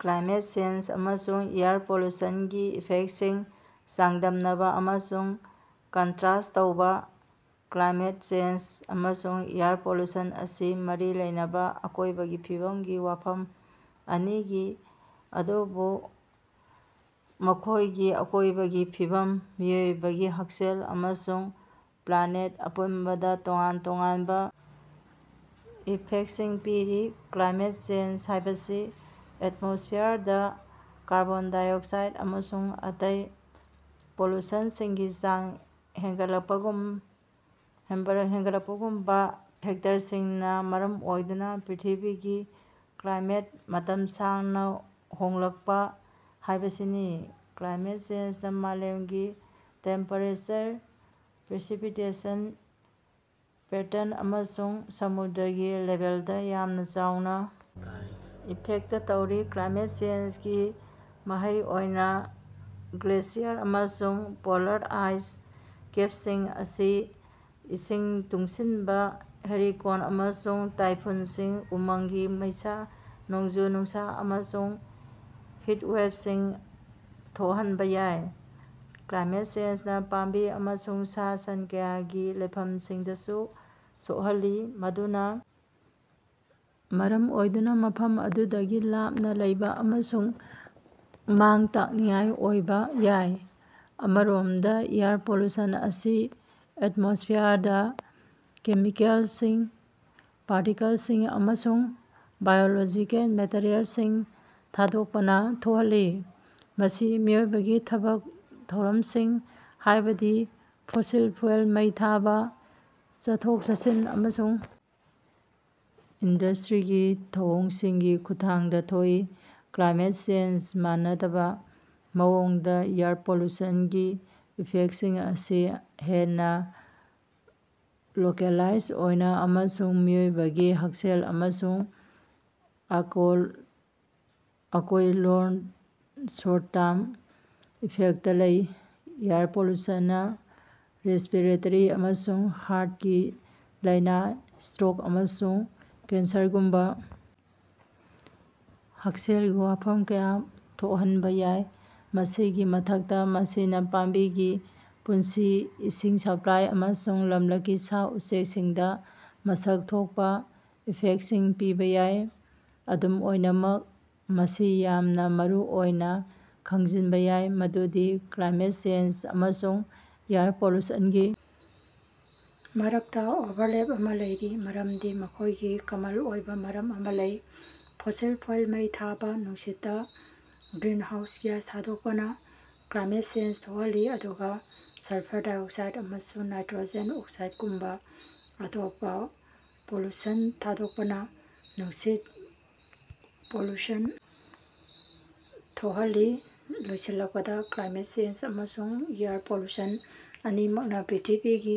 Climate change ꯑꯃꯁꯨꯡ air ꯄꯣꯂ꯭ꯌꯨꯁꯟꯒꯤ ꯏꯐꯦꯛꯇꯁꯤꯡ ꯆꯥꯡꯗꯝꯅꯕ ꯑꯃꯁꯨꯡ ꯀꯟꯇ꯭ꯔꯥꯁꯠ ꯇꯧꯕ- ꯀ꯭ꯂꯥꯏꯃꯦꯠ ꯆꯦꯟꯖ ꯑꯃꯁꯨꯡ ꯑꯦꯌꯔ ꯄꯣꯂ꯭ꯌꯨꯁꯟ ꯑꯁꯤ ꯃꯔꯤ ꯂꯩꯅꯕ ꯑꯀꯣꯏꯕꯒꯤ ꯐꯤꯕꯝꯒꯤ ꯋꯥꯐꯝ ꯑꯅꯤꯅꯤ ꯑꯗꯨꯕꯨ ꯃꯈꯣꯏꯅ ꯑꯀꯣꯏꯕꯒꯤ ꯐꯤꯕꯝ, ꯃꯤꯑꯣꯏꯕꯒꯤ ꯍꯛꯁꯦꯜ ꯑꯃꯁꯨꯡ ꯄ꯭ꯂꯥꯅꯦꯠ ꯑꯄꯨꯟꯕꯗ ꯇꯣꯉꯥꯟ ꯇꯣꯉꯥꯟꯕ ꯏꯐꯦꯛꯇꯁꯤꯡ ꯄꯤꯔꯤ꯫ ꯀ꯭ꯂꯥꯏꯃꯦꯠ ꯆꯦꯟꯖ ꯍꯥꯏꯕꯁꯤ ꯑꯦꯇꯃꯣꯁ꯭ꯐꯤꯌꯔꯗ ꯀꯥꯔꯕꯣꯟ -ꯗꯥꯏꯑꯣꯛꯁꯥꯏꯗ ꯑꯃꯁꯨꯡ ꯑꯇꯩ ꯄꯣꯂ꯭ꯌꯨꯁꯟꯁꯤꯡꯒꯤ ꯆꯥꯡ ꯍꯦꯟꯒꯠꯂꯛꯄꯒꯨꯝꯕ ꯐꯦꯛꯇꯔꯁꯤꯡꯅ ꯃꯔꯝ ꯑꯣꯏꯗꯨꯅ ꯄ꯭ꯔꯤꯊꯤꯕꯤꯒꯤ ꯀ꯭ꯂꯥꯏꯃꯦꯠꯇ ꯃꯇꯝ ꯁꯥꯡꯅ ꯍꯣꯡꯂꯛꯄ ꯍꯥꯏꯕꯁꯤꯅꯤ꯫ ꯀ꯭ꯂꯥꯏꯃꯦꯠ ꯆꯦꯟꯖꯅ ꯃꯥꯂꯦꯝꯒꯤ ꯇꯦꯝꯄꯦꯔꯦꯆꯔ, ꯄ꯭ꯔꯦꯁꯤꯄꯤꯇꯦꯁꯟ ꯄꯦꯇꯔꯟ ꯑꯃꯁꯨꯡ ꯁꯃꯨꯗ꯭ꯔꯒꯤ ꯂꯦꯚꯦꯜꯗ ꯌꯥꯝꯅ ꯆꯥꯎꯅ ꯏꯐꯦꯛꯇ ꯇꯧꯔꯤ꯫ ꯀ꯭ꯂꯥꯏꯃꯦꯠ ꯆꯦꯟꯖꯀꯤ ꯃꯍꯩ ꯑꯣꯏꯅ ꯒ꯭ꯂꯦꯁꯤꯌꯔ ꯑꯃꯁꯨꯡ ꯄꯣꯂꯔ ꯑꯥꯏꯁ ꯀꯦꯞꯁꯤꯡ ꯑꯁꯤ ꯏꯁꯤꯡ ꯇꯨꯡꯁꯤꯟꯕ, ꯍ꯭ꯌꯨꯔꯤꯀꯦꯟ ꯑꯃꯁꯨꯡ ꯇꯥꯏꯐꯨꯟꯁꯤꯡ, ꯎꯃꯪꯒꯤ ꯃꯩꯁꯥ, ꯅꯣꯡꯖꯨ-ꯅꯨꯡꯁꯥ ꯑꯃꯁꯨꯡ ꯍꯤꯠꯋꯦꯐꯁꯤꯡ ꯊꯣꯛꯍꯟꯕ ꯌꯥꯏ꯫ ꯀ꯭ꯂꯥꯏꯃꯦꯠ ꯆꯦꯟꯖꯅ ꯄꯥꯝꯕꯤ ꯑꯃꯁꯨꯡ ꯁꯥ-ꯁꯟ ꯀꯌꯥꯒꯤ ꯂꯩꯐꯝꯁꯤꯡꯗꯁꯨ ꯁꯣꯛꯍꯜꯂꯤ꯫ ꯃꯗꯨꯅ ꯃꯔꯝ ꯑꯣꯏꯗꯨꯅ ꯃꯐꯝ ꯑꯗꯨꯗꯒꯤ ꯂꯥꯞꯅ ꯂꯩꯕ ꯑꯃꯁꯨꯡ ꯃꯥꯡ-ꯇꯥꯛꯅꯤꯡꯉꯥꯏ ꯑꯣꯏꯕ ꯌꯥꯏ꯫ ꯑꯃꯔꯣꯝꯗ ꯑꯦꯌꯔ ꯄꯣꯂ꯭ꯌꯨꯁꯟ ꯑꯁꯤ ꯑꯦꯠꯃꯣꯁ꯭ꯐꯤꯌꯔꯗ ꯀꯦꯃꯤꯀꯦꯂꯁꯤꯡ, ꯄꯥꯔꯇꯤꯀꯜꯁꯤꯡ ꯑꯃꯁꯨꯡ ꯕꯥꯏꯑꯣꯂꯣꯖꯤꯀꯦꯜ ꯃꯦꯇꯤꯔꯤꯑꯦꯜꯁꯤꯡ ꯊꯥꯗꯣꯛꯄꯅ ꯊꯣꯛꯍꯜꯂꯤ꯫ ꯃꯁꯤ ꯃꯤꯑꯣꯏꯕꯒꯤ ꯊꯕꯛ ꯊꯧꯔꯝꯁꯤꯡ ꯍꯥꯏꯕꯗꯤ ꯐꯣꯁꯤꯜ ꯐꯨꯑꯦꯜ ꯃꯩ ꯊꯥꯕ, ꯆꯠꯊꯣꯛ-ꯆꯠꯁꯤꯟ ꯑꯃꯁꯨꯡ ꯏꯟꯗꯁꯇ꯭ꯔꯤꯒꯤ ꯊꯧꯑꯣꯡꯁꯤꯡꯒꯤ ꯈꯨꯠꯊꯥꯡꯗ ꯊꯣꯛꯏ꯫ ꯀ꯭ꯂꯥꯏꯃꯦꯠ ꯆꯦꯟꯖꯀ ꯃꯥꯟꯅꯗꯕ ꯃꯑꯣꯡꯗ ꯑꯦꯌꯔ ꯄꯣꯂ꯭ꯌꯨꯁꯟꯒꯤ ꯏꯐꯦꯛꯇꯁꯤꯡ ꯑꯁꯤ ꯍꯦꯟꯅ ꯂꯣꯀꯦꯜꯂꯥꯏꯖ ꯑꯣꯏ ꯑꯃꯁꯨꯡ ꯃꯤꯑꯣꯏꯕꯒꯤ ꯍꯛꯁꯦꯜ ꯑꯃꯁꯨꯡ ꯑꯀꯣꯏꯔꯣꯟꯗ ꯁꯣꯔꯠ ꯇꯔꯝ ꯏꯐꯦꯛꯇ ꯂꯩ꯫ ꯑꯦꯌꯔ ꯄꯣꯂ꯭ꯌꯨꯁꯟꯅ ꯔꯦꯁ꯭ꯄꯤꯔꯦꯇꯣꯔꯤ ꯑꯃꯁꯨꯡ ꯍꯥꯔꯠꯀꯤ ꯂꯥꯏꯅꯥ, ꯁꯇ꯭ꯔꯣꯛ ꯑꯃꯁꯨꯡ ꯀꯦꯟꯁꯔꯒꯨꯝꯕ ꯍꯛꯁꯦꯜꯒꯤ ꯋꯥꯐꯝ ꯀꯌꯥ ꯊꯣꯛꯍꯟꯕ ꯌꯥꯏ꯫ ꯃꯁꯤꯒꯤ ꯃꯊꯛꯇ ꯃꯁꯤꯅ ꯄꯥꯝꯕꯤꯒꯤ ꯄꯨꯟꯁꯤ, ꯏꯁꯤꯡ ꯁꯄ꯭ꯂꯥꯏ ꯑꯃꯁꯨꯡ ꯂꯝꯂꯛꯀꯤ ꯁꯥ-ꯎꯆꯦꯛꯁꯤꯡꯗ ꯃꯁꯛ ꯊꯣꯛꯄꯥ ꯏꯐꯦꯛꯇꯁꯤꯡ ꯄꯤꯕ ꯌꯥꯏ꯫ ꯑꯗꯨꯝ ꯑꯣꯏꯅꯃꯛ ꯃꯁꯤ ꯌꯥꯝꯅ ꯃꯔꯨꯑꯣꯏꯅ ꯈꯪꯖꯤꯟꯕ ꯌꯥꯏ ꯃꯗꯨꯗꯤ ꯀ꯭ꯂꯥꯏꯃꯦꯠ ꯆꯦꯟꯖ ꯑꯃꯁꯨꯡ ꯑꯦꯌꯔ ꯄꯣꯂ꯭ꯌꯨꯁꯟꯒꯤ ꯃꯔꯛꯇ ꯑꯣꯚꯔꯂꯦꯞ ꯑꯃ ꯂꯩꯔꯤ ꯃꯔꯝꯗꯤ ꯃꯈꯣꯏꯒꯤ ꯀꯃꯟ ꯑꯣꯏꯕ ꯃꯔꯝ ꯑꯃ ꯂꯩ꯫ ꯐꯣꯁꯤꯜ ꯐꯨꯑꯦꯜ ꯃꯩ ꯊꯥꯕꯥ, ꯅꯨꯡꯁꯤꯠꯇ ꯒ꯭ꯔꯤꯟꯍꯥꯎꯁ ꯒ꯭ꯌꯥꯁ ꯊꯥꯗꯣꯛꯄꯅ ꯀ꯭ꯂꯥꯏꯃꯦꯠ ꯆꯦꯟꯖ ꯊꯣꯛꯍꯜꯂꯤ ꯑꯗꯨꯒ ꯁꯜꯐꯔ -ꯗꯥꯏꯑꯣꯛꯁꯥꯏꯗ ꯑꯃꯁꯨꯡ ꯅꯥꯏꯇ꯭ꯔꯣꯖꯦꯟ- ꯑꯣꯛꯁꯥꯏꯗꯀꯨꯝꯕ ꯑꯇꯣꯞꯄ ꯄꯣꯂ꯭ꯌꯨꯁꯟ ꯊꯥꯗꯣꯛꯄꯅ ꯅꯨꯡꯁꯤꯠ ꯄꯣꯂ꯭ꯌꯨꯁꯟ ꯊꯣꯛꯍꯜꯂꯤ꯫ ꯂꯣꯏꯁꯤꯜꯂꯛꯄꯗ, ꯀ꯭ꯂꯥꯏꯃꯦꯠ ꯆꯦꯟꯖ ꯑꯃꯁꯨꯡ ꯑꯦꯌꯔ ꯄꯣꯂ꯭ꯌꯨꯁꯟ ꯑꯅꯤꯃꯛꯅ ꯄ꯭ꯔꯤꯊꯤꯕꯤꯒꯤ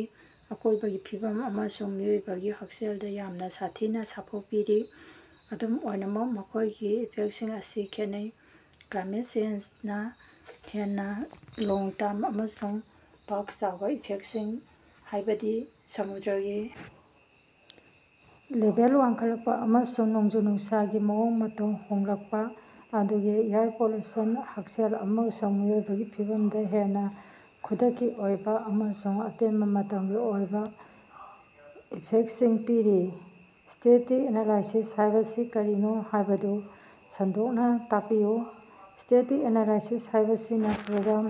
ꯑꯀꯣꯏꯕꯒꯤ ꯐꯤꯕꯝ ꯑꯃꯁꯨꯡ ꯃꯤꯑꯣꯏꯕꯒꯤ ꯍꯛꯁꯦꯜꯗ ꯌꯥꯝꯅ ꯁꯥꯊꯤꯅ ꯁꯥꯐꯨ ꯄꯤꯔꯤ꯫ ꯑꯗꯨꯝ ꯑꯣꯏꯅꯃꯛ ꯃꯈꯣꯏꯒꯤ ꯏꯐꯦꯛꯇꯁꯤꯡ ꯑꯁꯤ ꯈꯦꯠꯅꯩ꯫ ꯀ꯭ꯂꯥꯏꯃꯦꯠ ꯆꯦꯟꯖꯅ ꯍꯦꯟꯅ ꯂꯣꯡ-ꯇꯔꯝ ꯑꯃꯁꯨꯡ ꯄꯥꯛ-ꯆꯥꯎꯕ ꯏꯐꯦꯛꯇꯁꯤꯡ ꯍꯥꯏꯕꯗꯤ ꯁꯃꯨꯗ꯭ꯔꯒꯤ ꯂꯦꯚꯦꯜ ꯋꯥꯡꯈꯠꯂꯛꯄ ꯑꯃꯁꯨꯡ ꯅꯣꯡꯖꯨ-ꯅꯨꯡꯁꯥꯒꯤ ꯃꯑꯣꯡ-ꯃꯇꯧ ꯍꯣꯡꯂꯛꯄ ꯑꯗꯨꯒ ꯑꯦꯌꯔ ꯄꯣꯂ꯭ꯌꯨꯁꯟꯅ ꯍꯛꯁꯦꯜ ꯑꯃꯁꯨꯡ ꯑꯀꯣꯏꯕꯒꯤ ꯐꯤꯕꯝꯗ ꯍꯦꯟꯅ ꯈꯨꯗꯛꯀꯤ ꯑꯣꯏꯕ ꯑꯃꯁꯨꯡ ꯑꯇꯦꯟꯕ ꯃꯇꯝꯒꯤ ꯑꯣꯏꯕ ꯏꯐꯦꯛꯇꯁꯤꯡ ꯄꯤꯔꯤ꯫ ꯁ꯭ꯇꯦꯇꯤꯛ ꯑꯦꯅꯂꯥꯏꯁꯤꯁ ꯍꯥꯏꯕꯁꯤ ꯀꯔꯤꯅꯣ ꯍꯥꯏꯕꯗꯨ ꯁꯟꯗꯣꯛꯅ ꯇꯥꯛꯄꯤꯌꯨ꯫ ꯁ꯭ꯇꯦꯇꯤꯛ ꯑꯦꯅꯂꯥꯏꯁꯤꯁ ꯍꯥꯏꯕꯁꯤꯅ ꯄ꯭ꯔꯣꯒ꯭ꯔꯥꯝ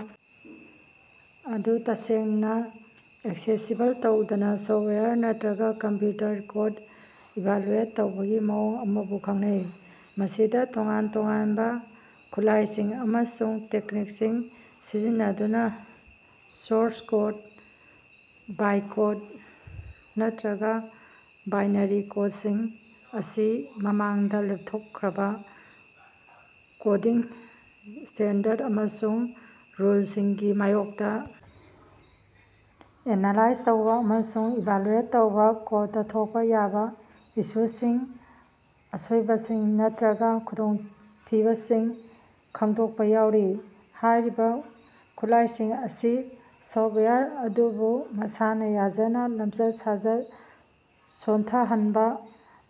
ꯑꯗꯨ ꯇꯁꯦꯡꯅ ꯑꯦꯛꯁꯦꯁꯤꯕꯜ ꯇꯧꯗꯅ ꯁꯣꯐꯠꯋꯦꯔ ꯅꯠꯇ꯭ꯔꯒ ꯀꯝꯄ꯭ꯌꯨꯇꯔ ꯀꯣꯗ ꯏꯚꯥꯂ꯭ꯌꯨꯑꯦꯠ ꯇꯧꯕꯒꯤ ꯃꯑꯣꯡ ꯑꯃꯕꯨ ꯈꯪꯅꯩ꯫ ꯃꯁꯤꯗ ꯇꯣꯉꯥꯟ-ꯇꯣꯉꯥꯟꯕ ꯈꯨꯠꯂꯥꯏꯁꯤꯡ ꯑꯃꯁꯨꯡ ꯇꯦꯛꯅꯤꯛꯁꯤꯡ ꯁꯤꯖꯤꯟꯅꯗꯨꯅ ꯁꯣꯔꯁ ꯀꯣꯗ, ꯕꯥꯏꯠꯀꯣꯗ ꯅꯠꯇ꯭ꯔꯒ ꯕꯥꯏꯅꯔꯤ ꯀꯣꯗꯁꯤꯡ ꯑꯁꯤ ꯃꯃꯥꯡꯗ ꯂꯦꯞꯊꯣꯛꯈ꯭ꯔꯕ ꯀꯣꯗꯤꯡ ꯁ꯭ꯇꯦꯟꯗꯔꯗ ꯑꯃꯁꯨꯡ ꯔꯨꯜꯁꯤꯡꯒꯤ ꯃꯥꯏꯌꯣꯛꯇ ꯑꯦꯅꯂꯥꯏꯖ ꯇꯧꯕ ꯑꯃꯁꯨꯡ ꯏꯚꯥꯂꯨꯑꯦꯠ ꯇꯧꯕ, ꯀꯣꯗꯇ ꯊꯣꯛꯄ ꯌꯥꯕ ꯏꯁꯨꯁꯤꯡ, ꯑꯁꯣꯏꯕꯁꯤꯡ ꯅꯠꯇ꯭ꯔꯒ ꯈꯨꯗꯣꯡꯊꯤꯕꯁꯤꯡ ꯈꯪꯗꯣꯛꯄ ꯌꯥꯎꯔꯤ꯫ ꯍꯥꯏꯔꯤꯕ ꯈꯨꯠꯂꯥꯏꯁꯤꯡ ꯑꯁꯤ ꯁꯣꯐꯇꯋꯦꯌꯔ ꯑꯗꯨꯕꯨ ꯃꯁꯥꯅ ꯌꯥꯖꯅ ꯂꯝꯆꯠ-ꯁꯥꯖꯠ ꯁꯣꯟꯊꯍꯟꯕ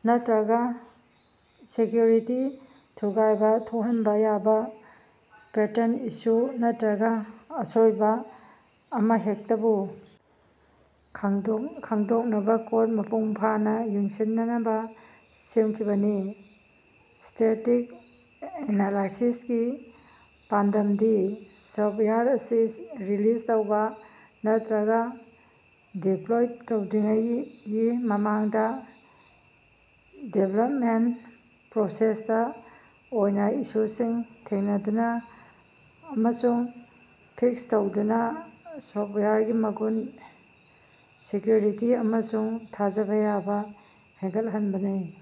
ꯅꯠꯇ꯭ꯔꯒ ꯁꯦꯀ꯭ꯌꯨꯔꯤꯇꯤ ꯊꯨꯒꯥꯏꯕ ꯊꯣꯛꯍꯟꯕ ꯌꯥꯕ ꯄꯦꯇꯔꯟ, ꯏꯁꯨ ꯅꯠꯇ꯭ꯔꯒ ꯑꯁꯣꯏꯕ ꯑꯃꯍꯦꯛꯇꯕꯨ ꯈꯪꯗꯣꯛꯅꯕ ꯀꯣꯗ ꯃꯄꯨꯡꯐꯥꯅ ꯌꯦꯡꯁꯤꯟꯅꯕ ꯁꯦꯝꯈꯤꯕꯅꯤ꯫ ꯁ꯭ꯇꯦꯇꯤꯛ ꯑꯦꯅꯂꯥꯏꯁꯤꯁꯀꯤ ꯄꯥꯟꯗꯝꯗꯤ ꯁꯣꯐꯇꯋꯦꯌꯔ ꯑꯁꯤ ꯔꯤꯂꯤꯖ ꯇꯧꯕ ꯅꯠꯇ꯭ꯔꯒ ꯗꯤꯄ꯭ꯂꯣꯏ ꯇꯧꯗ꯭ꯔꯤꯉꯩꯒꯤ ꯃꯃꯥꯡꯗ ꯗꯤꯚꯦꯂꯞꯃꯦꯟꯇ ꯄ꯭ꯔꯣꯁꯦꯁꯇ ꯇꯣꯏꯅ ꯏꯁꯨꯁꯤꯡ ꯊꯦꯡꯅꯗꯨꯅ ꯑꯃꯁꯨꯡ ꯐꯤꯛꯁ ꯇꯧꯗꯨꯅ ꯁꯣꯐꯇꯋꯦꯌꯔꯒꯤ ꯃꯒꯨꯟ, ꯁꯦꯀ꯭ꯌꯨꯔꯤꯇꯤ ꯑꯃꯁꯨꯡ ꯊꯥꯖꯕ ꯌꯥꯕ ꯍꯦꯟꯒꯠꯍꯟꯕꯅꯤ꯫